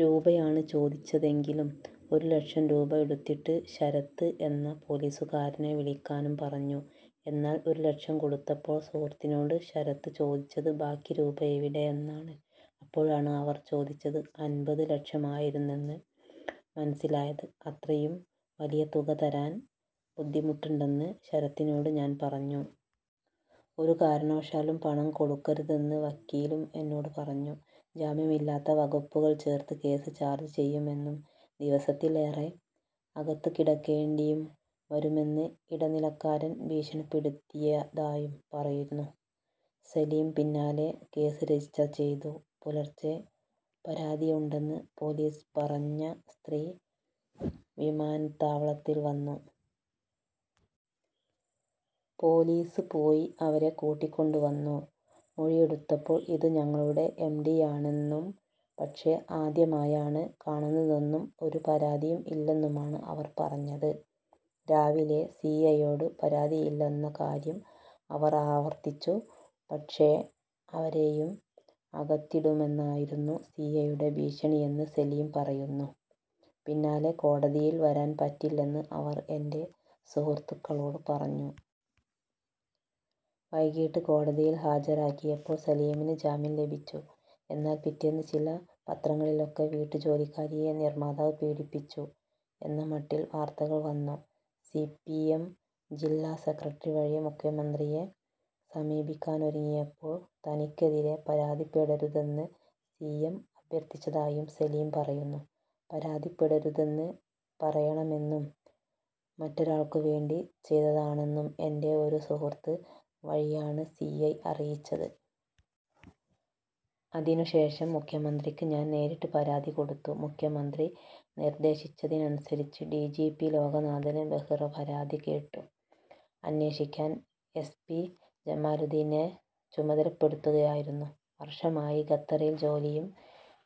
രൂപയാണ് ചോദിച്ചതെങ്കിലും ഒരു ലക്ഷം രൂപ എടുത്തിട്ട് ശരത്ത് എന്ന പൊലീസുകാരനെ വിളിക്കാനും പറഞ്ഞു. എന്നാൽ ഒരു ലക്ഷം കൊടുത്തപ്പോൾ സുഹൃത്തിനോട് ശരത്ത് ചോദിച്ചത് ബാക്കി രൂപ എവിടെ എന്നാണ്. അപ്പോഴാണ് അവർ ചോദിച്ചത് അൻപത് ലക്ഷമായിരുന്നെന്ന് മനസിലായത്. അത്രയും വലിയ തുക തരാൻ ബുദ്ധിമുട്ടുണ്ടെന്ന് ശരത്തിനോട് ഞാൻ പറഞ്ഞു. ഒരു കാരണവശാലും പണം കൊടുക്കരുതെന്ന് വക്കീലും എന്നോട് പറഞ്ഞു. " ജാമ്യമില്ലാ വകുപ്പുകൾ ചേർത്ത് കേസ് ചാർജ്ജ് ചെയ്യുമെന്നും ദിവസത്തിലേറെ അകത്തുകിടക്കേണ്ടിയും വരുമെന്നും ഇടനിലക്കാരൻ ഭീഷണിപ്പെടുത്തിയതായും പറയുന്നു സലിം. " പിന്നാലെ കേസ് രജിസ്റ്റർ ചെയ്തു. പുലർച്ചെ പരാതിയുണ്ടെന്ന് പൊലീസ് പറഞ്ഞ സ്ത്രീ വിമാനത്താവളത്തിൽ വന്നു. പൊലീസ് പോയി അവരെ കൂട്ടിക്കൊണ്ടുവന്നു. മൊഴിയെടുത്തപ്പോൾ ഇത് ഞങ്ങളുടെ എംഡിയാണെന്നും പക്ഷേ ആദ്യമായാണ് കാണുന്നതെന്നും ഒരു പരാതിയും ഇല്ലെന്നുമാണ് അവർ പറഞ്ഞത്. രാവിലെ സിഐയോടും പരാതിയില്ലെന്ന കാര്യം അവർ ആവർത്തിച്ചു. " പക്ഷേ അവരെയും അകത്തിടുമെന്നായിരുന്നു സിഐയുടെ ഭീഷണിയെന്ന് സലിം പറയുന്നു. " പിന്നാലെ കോടതിയിൽ വരാൻപറ്റില്ലെന്ന് അവർ എൻറെ സുഹൃത്തുക്കളോട് പറഞ്ഞു. " വൈകിട്ട് കോടതിയിൽ ഹാജരാക്കിയപ്പോൾ സലിമിന് ജാമ്യം ലഭിച്ചു. എന്നാൽ പിറ്റേന്ന് ചില പത്രങ്ങളിലൊക്കെ ' വീട്ടുജോലിക്കാരിയെ നിർമ്മാതാവ് പീഡിപ്പിച്ചു ' എന്നമട്ടിൽ വാർത്തകൾ വന്നു. സിപിഎം ജില്ലാ സെക്രട്ടറി വഴി മുഖ്യമന്ത്രിയെ സമീപിക്കാനൊരുങ്ങിയപ്പോൾ തനിക്കെതിരേ പരാതിപ്പെടരുതെന്ന് സിഐ അഭ്യർഥിച്ചതായും സലിം പറയുന്നു. " പരാതിപ്പെടരുതെന്ന് പറയണമെന്നും മറ്റൊരാൾക്കുവേണ്ടി ചെയ്തതാണെന്നും എൻറെ ഒരു സുഹൃത്ത് വഴിയാണ് സിഐ അറിയിച്ചത്. അതിനുശേഷം മുഖ്യമന്ത്രിക്ക് ഞാൻ നേരിട്ട് പരാതി കൊടുത്തു. മുഖ്യമന്ത്രി നിർദേശിച്ചതനുസരിച്ച് ഡിജിപി ലോക്നാഥ് ബെഹ്റ പരാതി കേട്ടു. അന്വേഷിക്കാൻ എസ് പി ജമാലുദ്ദീനെ ചുമതലപ്പെടുത്തുകയായിരുന്നു. " വർഷമായി ഖത്തറിൽ ജോലിയും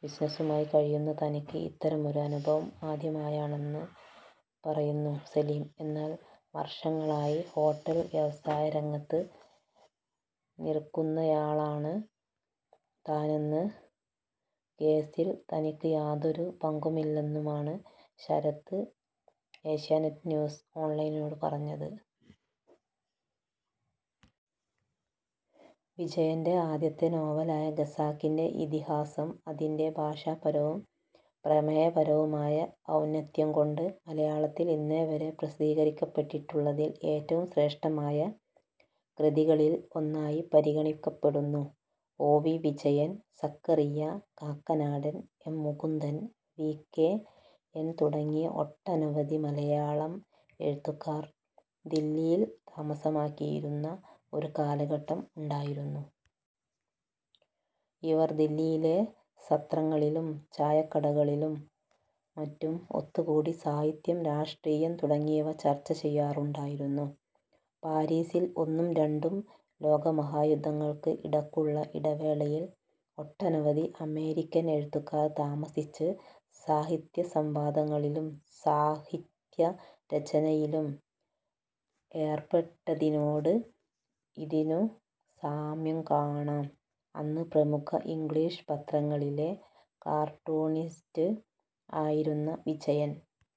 ബിസിനസുമായി കഴിയുന്ന തനിക്ക് ഇത്തരമൊരു അനുഭവം ആദ്യമായാണെന്ന് പറയുന്നു സലിം. എന്നാൽ വർഷങ്ങളായി ഹോട്ടൽ വ്യവസായ രംഗത്ത് നിർക്കുന്നയാളാണ് താനെന്നും കേസിൽ തനിക്ക് യാതൊരു പങ്കുമില്ലെന്നുമാണ് ശരത്ത് ഏഷ്യാനെറ്റ് ന്യൂസ് ഓൺലൈനിനോട് പറഞ്ഞത്. വിജയന്റെ ആദ്യത്തെ നോവലായ ഖസാക്കിന്റെ ഇതിഹാസം അതിന്റെ ഭാഷാപരവും പ്രമേയപരവുമായ ഔന്നത്യം കൊണ്ട് മലയാളത്തിൽ ഇന്നേവരെ പ്രസിദ്ധീകരിക്കപ്പെട്ടിട്ടുള്ളതിൽ ഏറ്റവും ശ്രേഷ്ഠമായ കൃതികളിൽ ഒന്നായി പരിഗണിക്കപ്പെടുന്നു. O. V. Vijayan, Zacharia, Kakkanadan, M. Mukundan, V. K. N, തുടങ്ങിയ ഒട്ടനവധി മലയാളം എഴുത്തുകാർ ദില്ലിയിൽ താമസമാക്കിയിരുന്ന ഒരു കാലഘട്ടം ഉണ്ടായിരുന്നു. ഇവർ ദില്ലിയിലെ സത്രങ്ങളിലും ചായക്കടകളിലും മറ്റും ഒത്തുകൂടി സാഹിത്യം, രാഷ്ട്രീയം തുടങ്ങിയവ ചർച്ചചെയ്യാറുണ്ടായിരുന്നു. പാരീസിൽ ഒന്നും രണ്ടും ലോകമഹായുദ്ധങ്ങൾക്ക് ഇടക്കുള്ള ഇടവേളയിൽ ഒട്ടനവധി അമേരിക്കൻ എഴുത്തുകാർ താമസിച്ച് സാഹിത്യസംവാദങ്ങളിലും സാഹിത്യരചനയിലും ഏർപ്പെട്ടതിനോട് ഇതിനു സാമ്യം കാണാം.. അന്ന് പ്രമുഖ ഇംഗ്ലീഷ് പത്രങ്ങളിലെ കാർട്ടൂണിസ്റ്റ് ആയിരുന്നു വിജയൻ.